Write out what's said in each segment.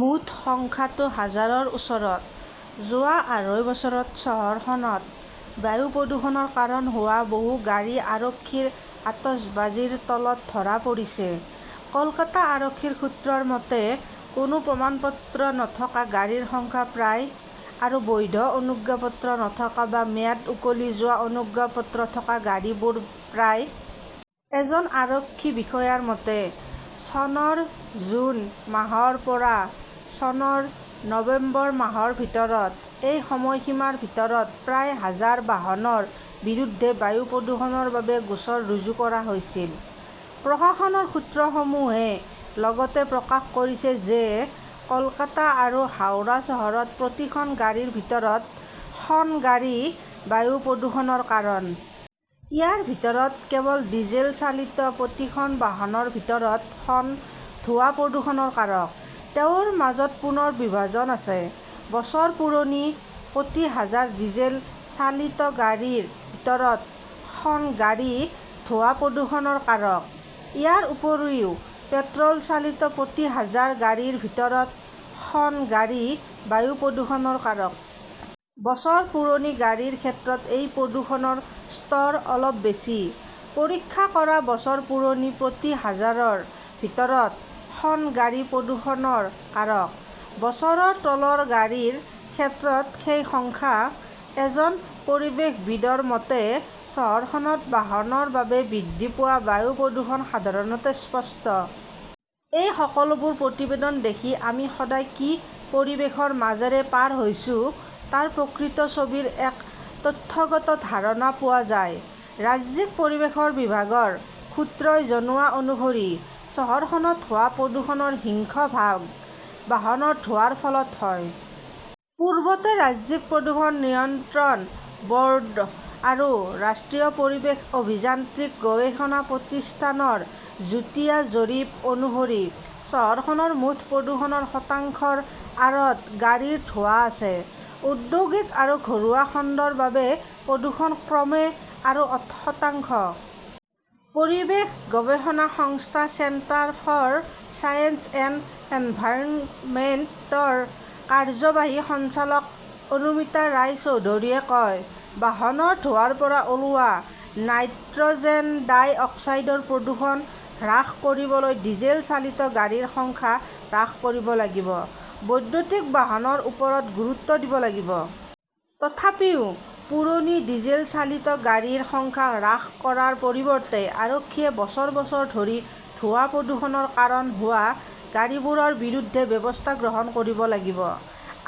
মুঠ সংখ্যাটো হাজাৰৰ ওচৰত! যোৱা আঢ়ৈ বছৰত চহৰখনত বায়ু প্ৰদূষণৰ কাৰণ হোৱা বহু গাড়ী আৰক্ষীৰ আতচবাজীৰ তলত ধৰা পৰিছে। কলকাতা আৰক্ষীৰ সূত্ৰৰ মতে, কোনো প্ৰমাণপত্ৰ নথকা গাড়ীৰ সংখ্যা প্ৰায়। আৰু বৈধ অনুজ্ঞাপত্ৰ নথকা বা ম্যাদ উকলি যোৱা অনুজ্ঞাপত্ৰ থকা গাড়ীবোৰ প্ৰায়। এজন আৰক্ষী বিষয়াৰ মতে, " চনৰ জুন মাহৰ পৰা চনৰ নৱেম্বৰ মাহৰ ভিতৰত এই সময়সীমাৰ ভিতৰত প্ৰায় হাজাৰ বাহনৰ বিৰুদ্ধে বায়ু প্ৰদূষণৰ বাবে গোচৰ ৰুজু কৰা হৈছিল। "প্ৰশাসনৰ সূত্ৰসমূহে লগতে প্ৰকাশ কৰিছে যে কলকাতা আৰু হাওৰা চহৰত প্ৰতি খন গাড়ীৰ ভিতৰত খন গাড়ী বায়ু প্ৰদূষণৰ কাৰণ। ইয়াৰ ভিতৰত কেৱল ডিজেল চালিত প্ৰতি খন বাহনৰ ভিতৰত খন ধোঁৱা-প্ৰদূষণৰ কাৰক। তেওঁৰ মাজত পুনৰ বিভাজন আছে। বছৰ পুৰণি, প্ৰতি হাজাৰ ডিজেল চালিত গাড়ীৰ ভিতৰত খন গাড়ী ধোঁৱা-প্ৰদূষণৰ কাৰক। ইয়াৰ উপৰিও, পেট্ৰ "ল চালিত প্ৰতি হাজাৰ গাড়ীৰ ভিতৰত খন গাড়ী বায়ু প্ৰদূষণৰ কাৰক। বছৰ পুৰণি গাড়ীৰ ক্ষেত্ৰত এই প্ৰদূষণৰ স্তৰ অলপ বেছি। পৰীক্ষা কৰা বছৰ পুৰণি প্ৰতি হাজাৰৰ ভিতৰত খন গাড়ী প্ৰদূষণৰ কাৰক। বছৰৰ তলৰ গাড়ীৰ ক্ষেত্ৰত সেই সংখ্যা। এজন পৰিৱেশবিদৰ মতে, "চহৰখনত বাহনৰ বাবে বৃদ্ধি পোৱা বায়ু প্ৰদূষণ সাধাৰণতে স্পষ্ট। এই সকলোবোৰ প্ৰতিবেদন দেখি আমি সদায় কি পৰিৱেশৰ মাজেৰে পাৰ হৈছো তাৰ প্ৰকৃত ছবিৰ এক তথ্যগত ধাৰণা পোৱা যায়। "ৰাজ্যিক পৰিৱেশ বিভাগৰ সূত্ৰই জনোৱা অনুসৰি চহৰখনত হোৱা প্ৰদূষণৰ সিংহভাগ বাহনৰ ধোঁৱাৰ ফলত হয়। পূৰ্বতে ৰাজ্যিক প্ৰদূষণ নিয়ন্ত্ৰণ ব "ৰ্ড আৰু ৰাষ্ট্ৰীয় পৰিৱেশ অভিযান্ত্ৰিক গৱেষণা প্ৰতিষ্ঠান ৰ যুটীয়া জৰীপ অনুসৰি চহৰখনৰ মুঠ প্ৰদূষণৰ শতাংশৰ আঁৰত গাড়ীৰ ধোঁৱা আছে। ঔদ্যোগিক আৰু ঘৰুৱা খণ্ডৰ বাবে প্ৰদূষণ ক্ৰমে আৰু শতাংশ। পৰিৱেশ গৱেষণা সংস্থা centre for science and environment ৰ কাৰ্যবাহী সঞ্চালক অনুমিতা ৰায়চৌধুৰীয়ে কয়, "বাহনৰ ধোঁৱাৰ পৰা ওলোৱা নাইট্ৰ" জেন-ডাই অক্সাইডৰ প্ৰদূষণ হ্ৰাস কৰিবলৈ ডিজেল চালিত গাড়ীৰ সংখ্যা হ্ৰাস কৰিব লাগিব। বৈদ্যুতিক বাহনৰ ওপৰত গুৰুত্ব দিব লাগিব। "তথাপিও, পুৰণি ডিজেল চালিত গাড়ীৰ সংখ্যা হ্ৰাস কৰাৰ পৰিৱৰ্তে আৰক্ষীয়ে বছৰ বছৰ ধৰি ধোঁৱা-প্ৰদূষণৰ কাৰণ হোৱা গাড়ীবোৰৰ বিৰুদ্ধে ব্যৱস্থা গ্ৰহণ কৰিব লাগিব।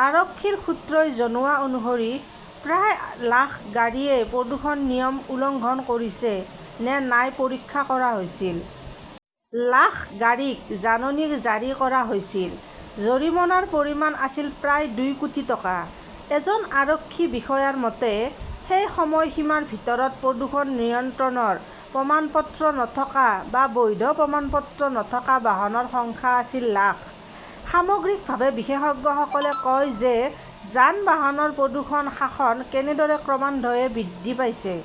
আৰক্ষীৰ সূত্ৰই জনোৱা অনুসৰি, প্ৰায় লাখ গাড়ীয়ে প্ৰদূষণ-নিয়ম উলংঘন কৰিছে নে নাই পৰীক্ষা কৰা হৈছিল। লাখ গাড়ীক জাননী জাৰি কৰা হৈছিল। জৰিমনাৰ পৰিমাণ আছিল প্ৰায় দুই কোটি টকা। এজন আৰক্ষী বিষয়াৰ মতে, "সেই সময়সীমাৰ ভিতৰত প্ৰদূষণ নিয়ন্ত্ৰণৰ প্ৰমাণপত্ৰ নথকা বা বৈধ প্ৰমাণপত্ৰ নথকা বাহনৰ সংখ্যা আছিল লাখ! "সামগ্ৰিকভাৱে, বিশেষজ্ঞসকলে কয় যে যান-বাহনৰ প্ৰদূষণ-শাসন কেনেদৰে ক্ৰমান্বয়ে বৃদ্ধি পাইছে